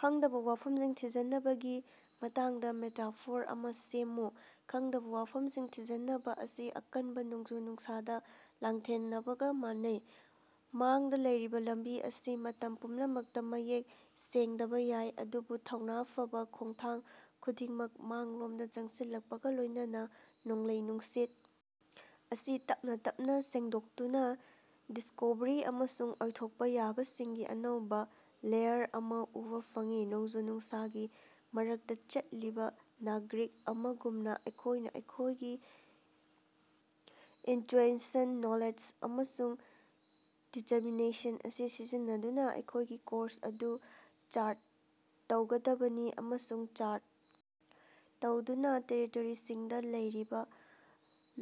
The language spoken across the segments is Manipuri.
ꯈꯡꯗꯕ ꯋꯥꯐꯝꯁꯤꯡ ꯊꯤꯖꯤꯅꯕꯒꯤ ꯃꯇꯥꯡꯗꯥ ꯃꯦꯇꯥꯐꯣꯔ ꯑꯃ ꯁꯦꯝꯃꯨ꯫ ꯈꯪꯗꯕ ꯋꯥꯐꯃꯁꯤꯡ ꯊꯤꯖꯤꯅꯕ ꯑꯁꯤ ꯑꯀꯟꯕ ꯅꯣꯡꯖꯨ-ꯅꯨꯡꯁꯥꯗ ꯂꯥꯟꯊꯦꯡꯅꯕꯒ ꯃꯥꯟꯅꯩ: ꯃꯥꯡꯗ ꯂꯩꯔꯤꯕ ꯂꯝꯕꯤ ꯑꯁꯤ ꯃꯇꯝ ꯄꯨꯝꯅꯃꯛꯇ ꯃꯌꯦꯛ ꯁꯦꯡꯗꯕ ꯌꯥꯏ, ꯑꯗꯨꯕꯨ ꯊꯧꯅꯥ ꯐꯕ ꯈꯣꯉꯊꯥꯡ ꯈꯨꯗꯤꯡꯃꯛ ꯃꯥꯡꯂꯣꯃꯗ ꯆꯪꯁꯤꯜꯂꯛꯄꯒꯥ ꯂꯣꯏꯅꯅꯥ, ꯅꯣꯡꯂꯩ-ꯅꯨꯡꯁꯤꯠ ꯑꯁꯤ ꯇꯞꯅ ꯇꯞꯅ ꯁꯦꯡꯗꯣꯛꯇꯨꯅ ꯗꯤꯁ꯭ꯀꯣꯕꯔꯤ ꯑꯃꯁꯨꯡ ꯑꯣꯏꯊꯣꯛꯄꯥ ꯌꯥꯕꯁꯤꯡꯒꯤ ꯑꯅꯧꯕ ꯂꯦꯌꯔ ꯑꯃ ꯎꯕ ꯐꯪꯏ꯫ ꯅꯣꯡꯖꯨ-ꯅꯨꯡꯁꯥꯒꯤ ꯃꯔꯛꯇ ꯆꯠꯂꯤꯕ ꯅꯥꯒꯔꯤꯛ ꯑꯃꯒꯨꯝꯅ ꯑꯩꯈꯣꯏꯅ ꯑꯩꯈꯣꯏꯒꯤ ꯏꯟꯇ꯭ꯌꯨꯏꯁꯟ, ꯅꯣꯂꯦꯖ ꯑꯃꯁꯨꯡ ꯗꯤꯇꯔꯃꯤꯅꯦꯁꯟ ꯑꯁꯤ ꯁꯤꯖꯤꯟꯅꯗꯨꯅ ꯑꯩꯈꯣꯏꯒꯤ ꯀꯣꯔꯁ ꯑꯗꯨ ꯆꯥꯔꯠ ꯇꯧꯒꯗꯕꯅꯤ ꯑꯃꯁꯨꯡ ꯆꯥꯔꯠ ꯇꯧꯗꯕ ꯇꯦꯔꯤꯇꯣꯔꯤꯁꯤꯡꯗ ꯂꯩꯔꯤꯕ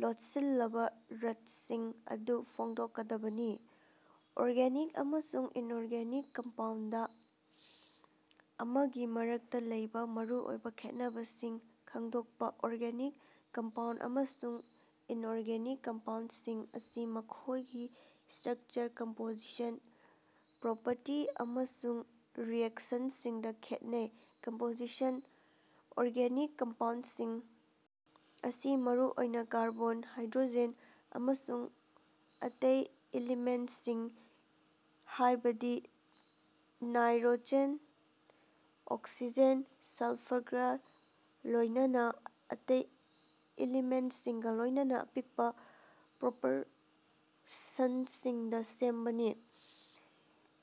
ꯂꯣꯠꯁꯤꯜꯂꯕ ꯔꯠꯅꯁꯤꯡ ꯑꯗꯨ ꯐꯣꯡꯗꯣꯛꯀꯗꯕꯅꯤ꯫ ꯑꯣꯔꯒꯥꯅꯤꯛ ꯑꯃꯁꯨꯡ ꯏꯅꯑꯣꯔꯒꯥꯅꯤꯛ ꯀꯝꯄꯥꯎꯟꯗ ꯑꯃꯒꯤ ꯃꯔꯛꯇ ꯂꯩꯕ ꯃꯔꯨꯑꯣꯏꯕ ꯈꯦꯠꯅꯕꯁꯤꯡ ꯈꯪꯗꯣꯛꯄ꯫ ꯑꯣꯔꯒꯥꯅꯤꯛ ꯀꯝꯄꯥꯎꯟꯗ ꯑꯃꯁꯨꯡ ꯏꯅꯑꯣꯔꯒꯥꯅꯤꯛ ꯀꯝꯄꯥꯎꯟꯗꯁꯤꯡ ꯑꯁꯤ ꯃꯈꯣꯏꯒꯤ ꯁ꯭ꯇꯔꯛꯆꯔ, ꯀꯝꯄꯣꯖꯤꯁꯟ, ꯄ꯭ꯔꯣꯄꯔꯇꯤ ꯑꯃꯁꯨꯡ ꯔꯤꯑꯦꯛꯁꯅꯁꯤꯡꯗꯥ ꯈꯦꯠꯅꯩ꯫ ꯀꯝꯄꯣꯖꯤꯁꯟ: ꯑꯣꯔꯒꯥꯅꯤꯛ ꯀꯝꯄꯥꯎꯟꯗꯁꯤꯡ ꯑꯁꯤ ꯃꯔꯨꯑꯣꯏꯅ ꯀꯥꯔꯕꯣꯟ, ꯍꯥꯏꯗ꯭ꯔꯣꯖꯦꯟ, ꯑꯃꯁꯨꯡ ꯑꯇꯦ ꯏꯂꯤꯃꯦꯟꯇꯁꯤꯡ ꯍꯥꯌꯕꯗꯤ ꯅꯥꯏꯠꯔꯣꯖꯦꯟ, ꯑꯣꯛꯁꯤꯖꯦꯟ, ꯁꯂꯐꯥꯔꯒ ꯂꯣꯏꯅꯅ ꯑꯇꯦ ꯏꯂꯤꯃꯦꯟꯇꯁꯤꯡꯒ ꯂꯣꯌꯅꯅ ꯑꯄꯤꯛꯄ ꯄ꯭ꯔꯣꯄꯣꯔꯁꯟꯁꯤꯡꯗ ꯁꯦꯝꯕꯅꯤ꯫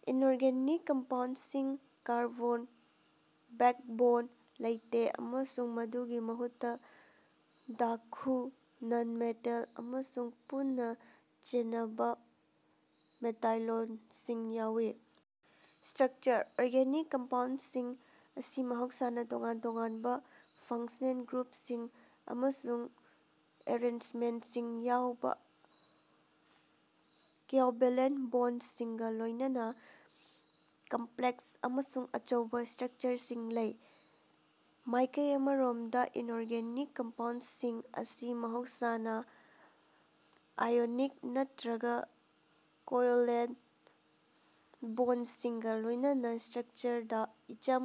ꯏꯅꯑꯣꯔꯒꯥꯅꯤꯛ ꯀꯝꯄꯥꯎꯟꯗꯁꯤꯡ, ꯀꯥꯔꯕꯣꯟ ꯕꯦꯛꯕꯣꯟ ꯂꯩꯇꯦ ꯑꯃꯁꯨꯡ ꯃꯗꯨꯒꯤ ꯃꯍꯨꯠꯇ ꯙꯥꯇꯨ, ꯅꯟ-ꯃꯦꯇꯜ ꯑꯃꯁꯨꯡ ꯄꯨꯟꯅꯥ ꯆꯦꯅꯕꯥ ꯃꯦꯇꯥꯂꯣꯏꯗꯁꯤꯡ ꯌꯥꯎꯏ꯫ ꯁ꯭ꯇꯔꯛꯆꯔ: ꯑꯣꯔꯒꯥꯅꯤꯛ ꯀꯝꯄꯥꯎꯟꯗꯁꯤꯡ ꯑꯁꯤ ꯃꯍꯧꯁꯥꯅꯥ ꯇꯣꯉꯥꯟ ꯇꯣꯉꯥꯟꯕ ꯐꯪꯁ꯭ꯅꯦꯜ ꯒ꯭ꯔꯨꯞꯁꯤꯡ ꯑꯃꯁꯨꯡ ꯑꯦꯔꯦꯟꯖꯃꯦꯟꯠꯁꯤꯡ ꯌꯥꯎꯕ ꯀꯣꯑꯣꯚꯦꯂꯦꯟꯇ ꯕꯣꯟꯗꯁꯤꯡꯒ ꯂꯣꯌꯅꯅ ꯀꯝꯞꯂꯦꯛꯁ ꯑꯃꯁꯨꯡ ꯑꯆꯧꯕ ꯁ꯭ꯇꯔꯛꯆꯔꯁꯤꯡ ꯂꯩ꯫ ꯃꯥꯌꯀꯩ ꯑꯃꯔꯣꯃꯗ, ꯏꯅꯑꯣꯔꯒꯥꯅꯤꯛ ꯀꯝꯄꯥꯎꯟꯗꯁꯤꯡ ꯑꯁꯤ ꯃꯍꯧꯁꯥꯅ ꯑꯥꯏꯑꯣꯅꯤꯛ ꯅꯠꯠꯔꯒ ꯀꯣꯑꯣꯚꯦꯂꯦꯟꯇ ꯕꯣꯟꯁꯤꯡꯒꯥ ꯂꯣꯏꯅꯅꯥ ꯁ꯭ꯇꯔꯛꯆꯔꯗ ꯏꯆꯝ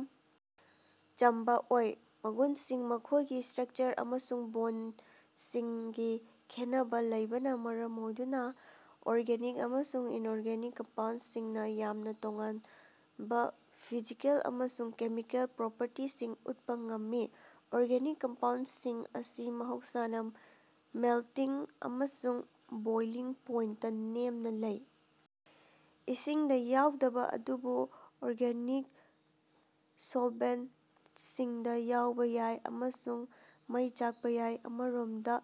ꯆꯝꯕ ꯑꯣꯏ꯫ ꯃꯒꯨꯅꯁꯤꯡ: ꯃꯈꯣꯌꯒꯤ ꯁ꯭ꯠꯔꯀꯆꯔ ꯑꯃꯁꯨꯡ ꯕꯣꯟꯗꯤꯡꯒꯤ ꯈꯦꯠꯅꯕ ꯂꯩꯕꯅ ꯃꯔꯝ ꯑꯣꯏꯗꯨꯅ ꯑꯣꯔꯒꯥꯅꯤꯛ ꯑꯃꯁꯨꯡ ꯏꯅꯑꯣꯔꯒꯥꯅꯤꯛ ꯀꯝꯄꯥꯎꯟꯗꯁꯤꯡꯅ ꯌꯥꯝꯅ ꯇꯣꯉꯥꯟꯕ ꯐꯤꯖꯤꯀꯦꯜ ꯑꯃꯁꯨꯡ ꯀꯦꯃꯤꯀꯦꯜ ꯄ꯭ꯔꯣꯄꯔꯇꯤꯁꯤꯡ ꯎꯠꯄꯥ ꯉꯝꯃꯤ꯫ ꯑꯣꯔꯒꯥꯅꯤꯛ ꯀꯝꯄꯣꯅꯦꯟꯇꯁꯤꯡ ꯑꯁꯤ ꯃꯍꯧꯁꯥꯅꯥ ꯃꯦꯜꯇꯤꯡ ꯑꯃꯁꯨꯡ ꯕꯣꯏꯂꯤꯡ ꯄꯣꯏꯟꯇ ꯅꯦꯝꯅ ꯂꯩ, ꯏꯁꯤꯡꯗ ꯌꯥꯎꯗꯕ ꯑꯗꯨꯕꯨ ꯑꯣꯔꯒꯥꯅꯤꯛ ꯁꯣꯂꯚꯦꯟꯇꯤꯁꯤꯡꯗ ꯌꯥꯎꯕ ꯌꯥꯏ ꯑꯃꯁꯨꯡ ꯃꯩ ꯆꯥꯛꯄ ꯌꯥꯏ꯫ ꯑꯃꯔꯣꯃꯗ,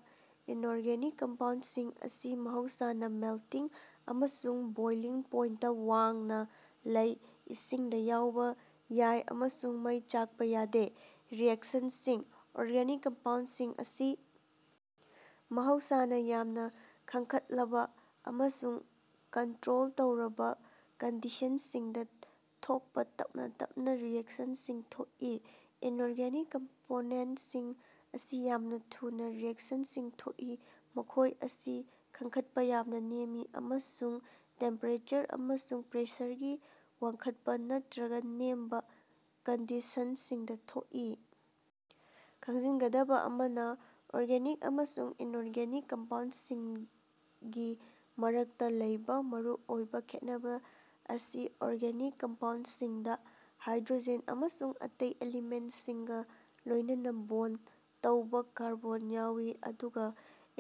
ꯏꯅꯑꯣꯔꯒꯥꯅꯤꯛ ꯀꯝꯄꯥꯎꯟꯗꯁꯤꯡ ꯑꯁꯤ ꯃꯍꯧꯁꯥꯅ ꯃꯦꯜꯇꯤꯡ ꯑꯃꯁꯨꯡ ꯕꯣꯏꯂꯤꯡ ꯄꯣꯏꯟꯇ ꯋꯥꯡꯅ ꯂꯩ, ꯏꯁꯤꯡꯗ ꯌꯥꯎꯕ ꯌꯥꯏ ꯑꯃꯁꯨꯡ ꯃꯩ ꯆꯥꯀꯄ ꯌꯥꯗꯦ꯫ ꯔꯤꯑꯦꯛꯁꯅꯁꯤꯡ: ꯑꯣꯔꯒꯥꯅꯤꯛ ꯀꯝꯄꯣꯅꯦꯟꯠꯁꯤꯡ ꯑꯁꯤ ꯃꯍꯧꯁꯥꯅ ꯌꯥꯝꯅ ꯈꯪꯒꯠꯂꯕ ꯑꯃꯁꯨꯡ ꯀꯟꯇꯔꯣꯜ ꯇꯧꯔꯕ ꯀꯟꯗꯤꯁꯟꯁꯤꯡꯗ ꯊꯣꯛꯄ ꯇꯞꯅ ꯇꯞꯅ ꯔꯤꯑꯦꯛꯁꯟꯁꯤꯡ ꯊꯣꯛꯏ꯫ ꯏꯟꯑꯣꯔꯒꯥꯅꯤꯛ ꯀꯝꯄꯣꯅꯦꯟꯠꯁꯤꯡ ꯑꯁꯤ ꯌꯥꯝꯅ ꯊꯨꯅ ꯔꯤꯑꯦꯛꯁꯟꯁꯤꯡ ꯊꯣꯛꯏ, ꯃꯈꯣꯢ ꯑꯁꯤ ꯈꯪꯒꯠꯄ ꯌꯥꯝꯅ ꯅꯦꯝꯃꯤ ꯑꯃꯁꯨꯡ ꯇꯦꯝꯄꯦꯔꯦꯆꯔ ꯑꯃꯁꯨꯡ ꯄ꯭ꯔꯦꯁꯔꯒꯤ ꯋꯥꯡꯈꯠꯄ ꯅꯠꯠꯔꯒ ꯅꯦꯝꯕ ꯀꯟꯗꯤꯁꯅꯁꯤꯡꯗ ꯊꯣꯛꯏ꯫ ꯈꯪꯖꯤꯟꯒꯗꯕ ꯑꯃꯅ, ꯑꯣꯔꯒꯥꯅꯤꯛ ꯑꯃꯁꯨꯡ ꯏꯟꯑꯣꯔꯒꯥꯅꯤꯛ ꯀꯝꯄꯥꯎꯟꯗꯁꯤꯡꯒꯤ ꯃꯔꯛꯇ ꯂꯩꯕꯥ ꯃꯔꯨꯑꯣꯏꯕ ꯈꯦꯠꯅꯕꯥꯑꯁꯤ ꯑꯣꯔꯒꯥꯅꯤꯛ ꯀꯝꯄꯥꯎꯟꯗꯁꯤꯡꯗ ꯍꯥꯏꯗ꯭ꯔꯣꯖꯦꯟ ꯑꯃꯁꯨꯡ ꯑꯇꯩ ꯑꯦꯂꯤꯃꯦꯟꯇꯁꯤꯡꯒ ꯂꯣꯏꯅꯅ ꯕꯣꯟꯗ ꯇꯧꯕ ꯀꯥꯔꯕꯣꯟ ꯌꯥꯎꯏ ꯑꯗꯨꯒ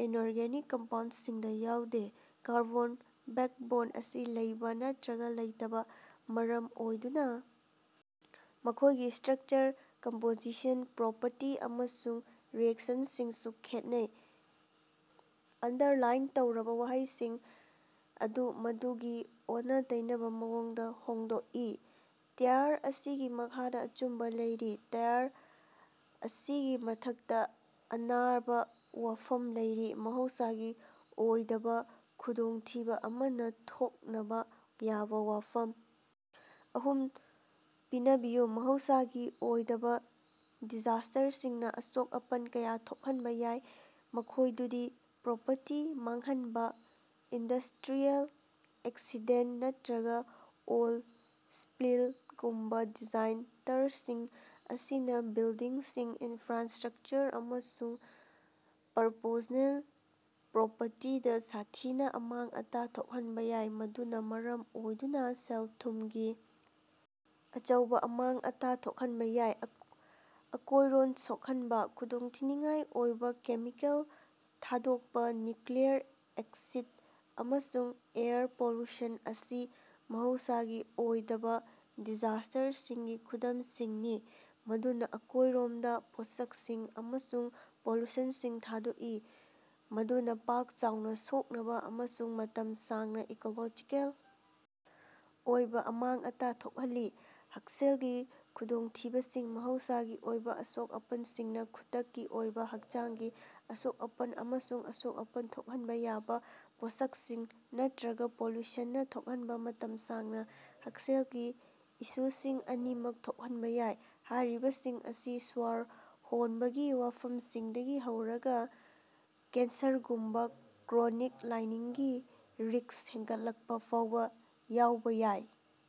ꯏꯟꯑꯣꯔꯒꯥꯅꯤꯛ ꯀꯝꯄꯥꯎꯟꯗꯁꯤꯡꯗ ꯌꯥꯎꯗꯦ꯫ ꯀꯥꯔꯕꯣꯟ ꯕꯦꯛꯕꯣꯟ ꯑꯁꯤ ꯂꯩꯕ ꯅꯠꯇꯔꯒꯥ ꯂꯩꯇꯕꯅ ꯃꯔꯝ ꯑꯣꯏꯗꯨꯅ ꯃꯈꯣꯏꯒꯤ ꯁ꯭ꯇꯔꯛꯆꯔ, ꯀꯝꯄꯣꯖꯤꯁꯟ, ꯄ꯭ꯔꯣꯄꯔꯇꯤ ꯑꯃꯁꯨꯡ ꯔꯤꯑꯦꯛꯁꯟꯁꯤꯡꯁꯨ ꯈꯦꯠꯅꯩ꯫ ꯑꯟꯗꯔꯂꯥꯏꯟ ꯇꯧꯔꯕ ꯋꯥꯍꯩꯁꯤꯡ ꯑꯗꯨ ꯃꯗꯨꯒꯤ ꯑꯣꯟꯅ-ꯇꯩꯅꯕ ꯃꯑꯣꯡꯗ ꯍꯣꯡꯗꯣꯛꯏ꯫ ꯇꯋꯥꯔ ꯑꯁꯤꯒꯤ ꯃꯈꯥꯗ ꯑꯆꯨꯝꯕ ꯂꯩꯔꯤ꯫ ꯇꯋꯥꯔ ꯑꯁꯤꯒꯤ ꯃꯊꯛꯇ ꯑꯔꯥꯅꯕ ꯋꯥꯐꯝ ꯂꯩꯔꯤ꯫ ꯃꯍꯧꯁꯥꯒꯤ ꯑꯣꯏꯗꯕ ꯈꯨꯗꯣꯡꯊꯤꯕ ꯑꯃꯅ ꯊꯣꯛꯅꯕꯥ ꯌꯥꯕ ꯋꯥꯐꯝ ꯑꯍꯨꯝ ꯄꯅꯕꯤꯌꯨ꯫ ꯃꯍꯧꯁꯥꯒꯤ ꯑꯣꯏꯗꯕ ꯗꯤꯖꯥꯁ꯭ꯇꯔꯁꯤꯡꯅ ꯑꯁꯣꯛ-ꯑꯄꯟ ꯀꯌꯥ ꯊꯣꯛꯍꯟꯕ ꯌꯥꯏ, ꯃꯈꯣꯏꯗꯨꯗꯤ: ꯄ꯭ꯔꯣꯄꯔꯇꯤ ꯃꯥꯡꯍꯟꯕ: ꯏꯟꯗꯁ꯭ꯠꯔꯤꯑꯦꯜ ꯑꯦꯛꯁꯤꯗꯦꯟꯇ ꯅꯠꯠꯔꯒ ꯑꯣꯏꯜ ꯁ꯭ꯄꯤꯜ ꯒꯨꯝꯕ ꯗꯤꯖꯥꯁ꯭ꯇꯔꯁꯤꯡ ꯑꯁꯤꯅ ꯕꯤꯜꯗꯤꯡꯁꯤꯡ, ꯏꯟꯐ꯭ꯔꯥꯁ꯭ꯠꯔꯛꯆꯔ ꯑꯃꯁꯨꯡ ꯄꯔꯁꯣꯅꯦꯜ ꯄ꯭ꯔꯣꯄꯔꯇꯤꯗ ꯁꯥꯊꯤꯅ ꯑꯃꯥꯡ-ꯑꯇꯥ ꯊꯣꯛꯍꯟꯕ ꯌꯥꯏ, ꯃꯗꯨꯅꯥ ꯃꯔꯝ ꯑꯣꯏꯗꯨꯅꯥ ꯁꯦꯜ-ꯊꯨꯃꯒꯤ ꯑꯆꯧꯕ ꯑꯃꯥꯡ-ꯑꯇꯥ ꯊꯣꯛꯍꯟꯕ ꯌꯥꯏ꯫ ꯑꯀꯣꯏꯔꯣꯟ ꯁꯣꯛꯍꯟꯕ: ꯈꯨꯗꯣꯡꯊꯤꯅꯤꯉꯥꯏ ꯑꯣꯏꯕꯥ ꯀꯦꯃꯤꯀꯦꯜ ꯊꯥꯗꯣꯛꯄ, ꯅ꯭ꯌꯨꯀꯂꯤꯌꯔ ꯑꯦꯛꯁꯤꯗꯦꯟꯇ, ꯑꯃꯁꯨꯡ ꯑꯦꯌꯔ ꯄꯣꯂꯨꯁꯟ ꯑꯁꯤ ꯃꯍꯧꯁꯥꯒꯤ ꯑꯣꯏꯗꯕ ꯗꯤꯖꯥꯁ꯭ꯇꯔꯁꯤꯡꯒꯤ ꯈꯨꯗꯃꯁꯤꯡꯅꯤ, ꯃꯗꯨꯅ ꯑꯀꯣꯏꯔꯣꯟꯗ ꯄꯣꯠꯁꯛꯁꯤꯡ ꯑꯃꯁꯨꯡ ꯄꯣꯂꯨꯁꯟꯁꯤꯡ ꯊꯥꯗꯣꯛꯏ, ꯃꯗꯨꯅ ꯄꯥꯛ-ꯆꯥꯎꯅꯥ ꯁꯣꯛꯅꯕ ꯑꯃꯁꯨꯡ ꯃꯇꯝ ꯁꯥꯡꯅ ꯏꯀꯣꯂꯣꯖꯤꯀꯦꯜ ꯑꯣꯏꯕ ꯑꯃꯥꯡ-ꯑꯇꯥ ꯊꯣꯛꯍꯜꯂꯤ꯫ ꯍꯛꯁꯦꯂꯒꯤ ꯈꯨꯗꯣꯡꯊꯤꯕꯁꯤꯡ: ꯃꯍꯧꯁꯥꯒꯤ ꯑꯣꯏꯕ ꯑꯁꯣꯛ-ꯑꯄꯅꯁꯤꯡꯅ ꯈꯨꯗꯛꯀꯤ ꯑꯣꯏꯕ ꯍꯛꯆꯥꯡꯒꯤ ꯑꯁꯣꯛ-ꯑꯄꯟ ꯑꯃꯁꯨꯡ ꯑꯁꯣꯛ-ꯑꯄꯟ ꯊꯣꯛꯍꯟꯕ ꯌꯥꯕ ꯄꯣꯠꯁꯛꯁꯤꯡ ꯅꯠꯇꯔꯒ ꯄꯣꯂꯨꯁꯟꯅ ꯊꯣꯛꯍꯟꯕ ꯃꯇꯝ ꯁꯥꯡꯅ ꯍꯛꯁꯦꯜ ꯒꯤ ꯏꯁꯨꯁꯤꯡ ꯑꯅꯤꯃꯛ ꯊꯣꯛꯍꯟꯕ ꯌꯥꯏ꯫ ꯍꯥꯏꯔꯤꯕꯁꯤꯡ ꯑꯁꯤ ꯁ꯭ꯋꯔ ꯍꯣꯟꯕꯒꯤ ꯋꯥꯐꯝꯁꯤꯡꯗꯒꯤ ꯍꯧꯔꯒ ꯀꯦꯟꯁꯔꯒꯨꯝꯕ ꯀ꯭ꯔꯣꯅꯤꯛ ꯂꯥꯏꯅꯥꯁꯤꯡꯒꯤ ꯔꯤꯁ꯭ꯛ ꯍꯦꯟꯒꯠꯂꯛꯄ ꯐꯥꯎꯕ ꯌꯥꯎꯕ ꯌꯥꯏ꯫